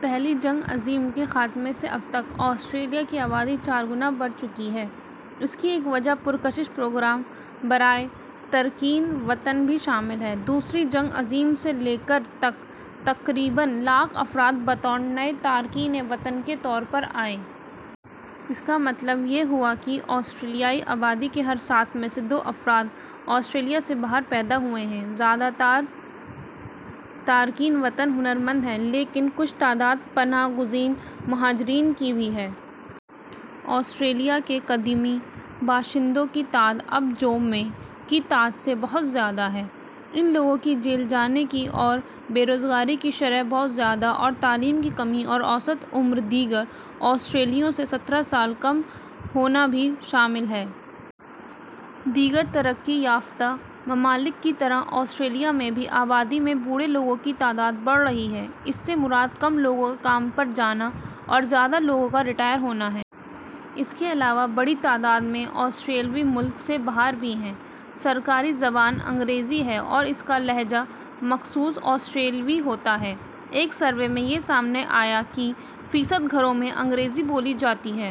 پہلی جنگ عظیم کے خاتمے سے اب تک آسٹریلیا کی آبادی چار گنا بڑھ چکی ہے۔ اس کی ایک وجہ پرکشش پروگرام برائے تارکین وطن بھی شامل ہے۔ دوسری جنگ عظیم سے لے کر ء تک تقریباً لاکھ افراد بطور نئے تارکین وطن کے طور پر آئے۔ اس کا مطلب یہ ہوا کہ آسٹریلوی آبادی کے ہر سات میں سے دو افراد آسٹریلیا سے باہر پیدا ہوئے ہیں۔ زیادہ تر تارکین وطن ہنرمند ہیں لیکن کچھ تعداد پناہ گزین مہاجرین کی بھی ہے۔ آسٹریلیا کے قدیمی باشندوں کی تعداد اب ہے جو ء میں کی تعداد سے بہت زیادہ ہے۔ ان لوگوں کی جیل جانے کی اور بے روزگاری کی شرح بہت زیادہ اور تعلیم کی کمی اور اوسط عمر دیگر آسٹریلیوں سے سترہ سال کم ہونا بھی شامل ہے۔ دیگر ترقی یافتہ ممالک کی طرح آسٹریلیا میں بھی آبادی میں بوڑھے لوگوں کی تعداد بڑھ رہی ہے۔ اس سے مراد کم لوگوں کا کام پر جانا اور زیادہ لوگوں کا ریٹائر ہونا ہے۔ اس کے علاوہ بڑی تعداد میں آسٹریلوی ملک سے باہر ہیں۔ سرکاری زبان انگریزی ہے اور اس کا لہجہ مخصوص آسٹریلوی ہوتا ہے۔ ء کے سروے میں یہ سامنے آیا کہ فیصد گھروں میں انگریزی بولی جاتی ہے۔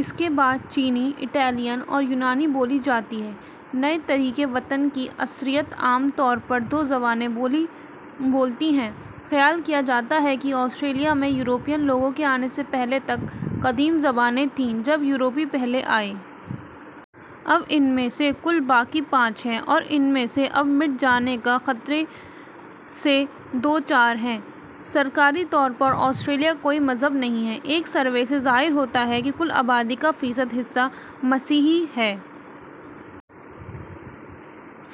اس کے بعد چینی، اٹالین اور یونانی بولی جاتی ہیں۔ نئے تارکین وطن کی اکثریت عموماً دو زبانیں بولتی ہے۔ خیال کیا جاتا ہے کہ آسٹریلیا میں سے تک قدیم زبانیں تھیں جب یورپی یہاں آئے۔ اب ان میں سے کل باقی بچی ہیں اور ان میں سے اب مٹ جانے کے خطرے سے دوچار ہیں۔ سرکاری طور پر آسٹریلیا کا کوئی مذہب نہیں ہے۔ ء کے سروے سے ظاہر ہوتا ہے کہ کل آبادی کا فیصد حصہ مسیحی ہے۔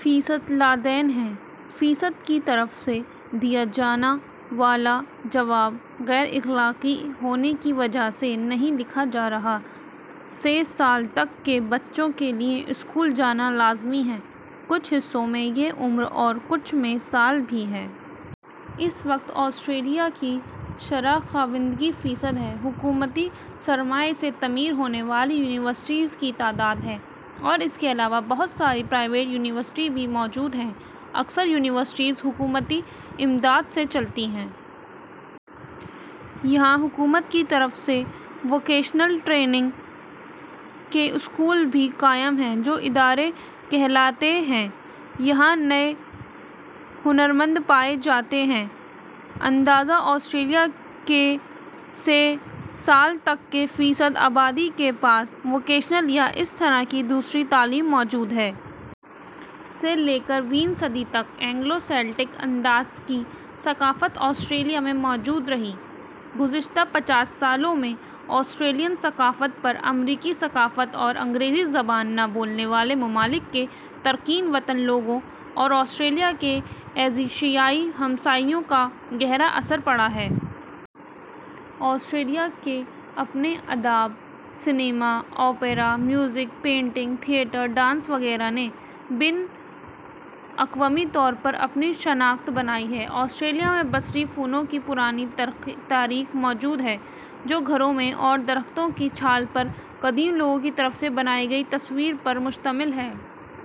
فیصد لادین ہیں۔ فیصد کی طرف سے دیا جانا والا جواب غیر اخلاقی ہونے کی وجہ سے نہیں لکھا جا رہا۔ سے سال تک کے بچوں کے لیے اسکول جانا لازمی ہے، کچھ حصوں میں یہ عمر اور کچھ میں سال بھی ہے۔ اس وقت آسٹریلیا کی شرح خواندگی فیصد ہے۔ حکومتی سرمائے سے تعمیر ہونے والی یونیورسٹیوں کی تعداد ہے اور اس کے علاوہ بہت ساری پرائیوٹ یونیورسٹیاں بھی موجود ہیں۔ اکثر یونیورسٹیاں حکومتی امداد سے چلتی ہیں۔ یہاں حکومت کی طرف سے ووکیشنل ٹریننگ کے اسکول بھی قائم ہیں جو ادارے کہلاتے ہیں۔ یہاں نئے ہنرمند تیار کیے جاتے ہیں۔ اندازہً آسٹریلیا کی سے سال تک کی فیصد آبادی کے پاس ووکیشنل یا اس طرح کی دوسری تعلیم موجود ہے۔ ء سے لے کر ویں صدی تک اینگلو سیلٹک انداز کی ثقافت آسڑیلیا میں موجود رہی۔ گذشتہ پچاس سالوں میں آسٹریلوی ثقافت پر امریکی ثقافت اور انگریزی زبان نہ بولنے والے ممالک کے تارکین وطن لوگوں اور آسٹریلیا کے ایشیائی ہمسائیوں کا گہرا اثر پڑا ہے۔ آسٹریلیا کے اپنے ادب، سینما، اوپرا، موسیقی، پینٹنگ، تھیٹر، ڈانس وغیرہ نے بین الاقوامی طور پر اپنی شناخت بنائی ہے۔ آسٹریلیا میں بصری فنون کی پرانی تاریخ موجود ہے جو غاروں میں اور درختوں کی چھال پر قدیم لوگوں کی طرف سے بنائی گئی تصاویر پر مشتمل ہے۔